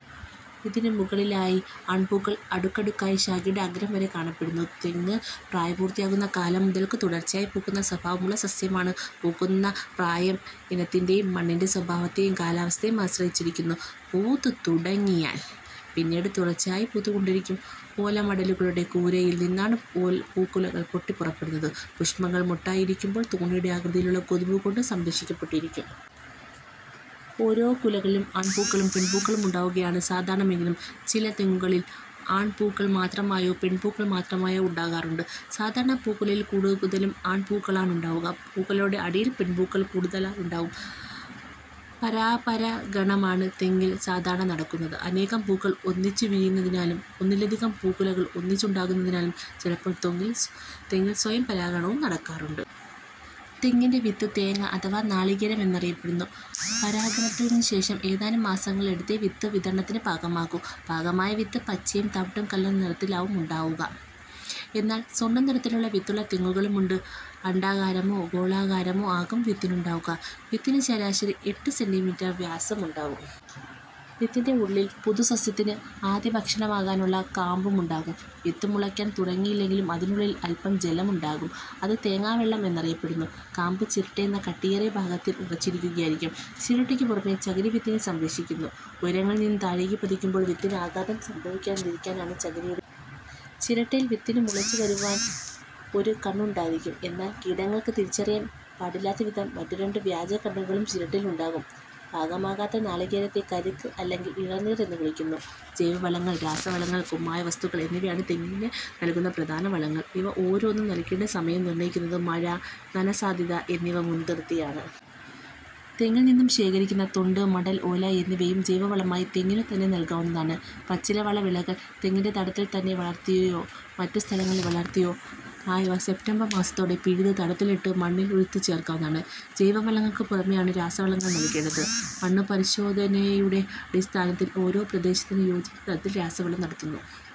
ഇതിനു മുകളിലായി ആൺപൂക്കൾ അടുക്കടുക്കായി ശാഖയുടെ അഗ്രം വരെ കാണപ്പെടുന്നു. തെങ്ങ് പ്രായപൂർത്തിയാകുന്ന കാലം മുതൽക്ക് തുടർച്ചയായി പൂക്കുന്ന സ്വഭാവമുള്ള സസ്യമാണ്. പൂക്കുന്ന പ്രായം ഇനത്തിനേയും മണ്ണിന്റെ സ്വഭാവത്തേയും കാലാവസ്ഥയേയും ആശ്രയിച്ചിരിക്കുന്നു. പൂത്തുതുടങ്ങിയാൽ പിന്നീട് തുടർച്ചയായി പൂത്തുകൊണ്ടിരിക്കുന്നു. ഓലമടലുകളുടെ കുരലിൽ നിന്നാണ് പൂക്കുലകൾ പൊട്ടിപ്പുറപ്പെടുന്നത്. പുഷ്പങ്ങൾ മൊട്ടായിരിക്കുമ്പോൾ തോണിയുടെ ആകൃതിയിലുള്ള കൊതുമ്പുകൊണ്ട് സംരക്ഷിക്കപ്പെട്ടിരിക്കും. ഒരേ പൂങ്കുലയിൽ ആൺപൂക്കളും പെൺപൂക്കളും ഉണ്ടാകുകയാണ് സാധാരണമെങ്കിലും ചില തെങ്ങുകളിൽ ആൺപൂക്കൾ മാത്രമായോ പെൺപൂക്കൾ മാത്രമായോ ഉണ്ടാകാറുണ്ട്. സാധാരണ പൂക്കുലയിൽ കൂടുതലും ആൺപൂക്കളാണുണ്ടാവുക. പൂക്കുലയുടെ അടിയിൽ പെൺപൂക്കൾ കൂടുതലായുണ്ടാവും. പരപരാഗണമാണ് തെങ്ങിൽ സാധാരണ നടക്കുന്നത്. അനേകം പൂക്കൾ ഒന്നിച്ചുവിരിയുന്നതിനാലും ഒന്നിലധികം പൂക്കുലകൾ ഒന്നിച്ചുണ്ടാകുന്നതിനാലും ചിലപ്പോൾ തെങ്ങിൽ സ്വയംപരാഗണവും നടക്കാറുണ്ട്. തെങ്ങിന്റെ വിത്ത് തേങ്ങ അഥവാ നാളികേരം എന്നറിയപ്പെടുന്നു. പരാഗണത്തിനു ശേഷം ഏതാനും മാസങ്ങൾ എടുത്തേ വിത്ത് വിതരണത്തിനു പാകമാകൂ. പാകമായ വിത്ത് പച്ചയും തവിട്ടും കലർന്ന നിറത്തിലാവും ഉണ്ടാവുക. എന്നാൽ സ്വർണ്ണനിറമുള്ള വിത്തുള്ള തെങ്ങുകളും ഉണ്ട്. അണ്ഡാകാരമോ ഗോളാകാരമോ ആകും വിത്തിനുണ്ടാവുക. വിത്തിന് ശരാശരി എട്ട് സെന്റീമീറ്റർ വ്യാസം ഉണ്ടാകും. വിത്തിന്റെ ഉള്ളിൽ പുതുസസ്യത്തിനു ആദ്യഭക്ഷണമാകാനുള്ള കാമ്പുമുണ്ടാകും വിത്ത് മുളക്കാൻ തുടങ്ങിയില്ലെങ്കിൽ അതിനുള്ളിൽ അല്പം ജലവും ഉണ്ടാകും. അത് തേങ്ങാവെള്ളം എന്നറിയപ്പെടുന്നു. കാമ്പ് ചിരട്ടയെന്ന കട്ടിയേറിയ ഭാഗത്തിൽ ഉറച്ചിരിക്കുകയായിരിക്കും. ചിരട്ടക്കു പുറമേ ചകിരി വിത്തിനെ സംരക്ഷിക്കുന്നു. ഉയരങ്ങളിൽ നിന്ന് താഴേക്കു പതിക്കുമ്പോൾ വിത്തിന് ആഘാതം സംഭവിക്കാതിരിക്കുകയാണ് ചകിരിയുടെ ഉപയോഗം. ചിരട്ടയിൽ വിത്തിനു മുളച്ചുവരുവാൻ ഒരു കണ്ണുണ്ടായിരിക്കും. എന്നാൽ കീടങ്ങൾക്ക് തിരിച്ചറിയാൻ പാടില്ലാത്തവിധം മറ്റുരണ്ട് വ്യാജകണ്ണുകളും ചിരട്ടയിലുണ്ടാകും. പാകമാകാത്ത നാളികേരത്തെ കരിക്ക് അല്ലെങ്കിൽ ഇളനീർ എന്നു വിളിക്കുന്നു. ജൈവവളങ്ങൾ, രാസവളങ്ങൾ, കുമ്മായ വസ്തുക്കൾ എന്നിവയാണ് തെങ്ങിന് നൽകുന്ന പ്രധാന വളങ്ങൾ. ഇവ ഓരോന്നും നൽകേണ്ട സമയം നിർണ്ണയിക്കുന്നത്; മഴ, നനസാധ്യത എന്നിവ മുൻനിർത്തിയാണ്. തെങ്ങിൽ നിന്നും ശേഖരിക്കുന്ന തൊണ്ട്, മടൽ, ഓല എന്നിവയും ജൈവവളമായി തെങ്ങിനുതന്നെ നൽകാവുന്നതുമാണ്. പച്ചിലവള വിളകൾ തെങ്ങിന്റെ തടത്തിൽ തന്നെ വളർത്തിയോ മറ്റു സ്ഥലങ്ങളിൽ വളർത്തിയതോ ആയവ സെപ്റ്റംബർ മാസത്തോടെ പിഴുത് തടത്തിലിട്ട് മണ്ണിലുഴുത് ചേർക്കാവുന്നതുമാണ്. ജൈവവളങ്ങൾക്ക് പുറമേയാണ് രാസവളങ്ങൾ നൽകേണ്ടത്. മണ്ണുപരിശോധനയുടെ അടിസ്ഥാനത്തിൽ ഓരോ പ്രദേശത്തിനും യോജിക്കുന്ന തരത്തിൽ രാസവളപ്രയോഗം നടത്തുന്നു.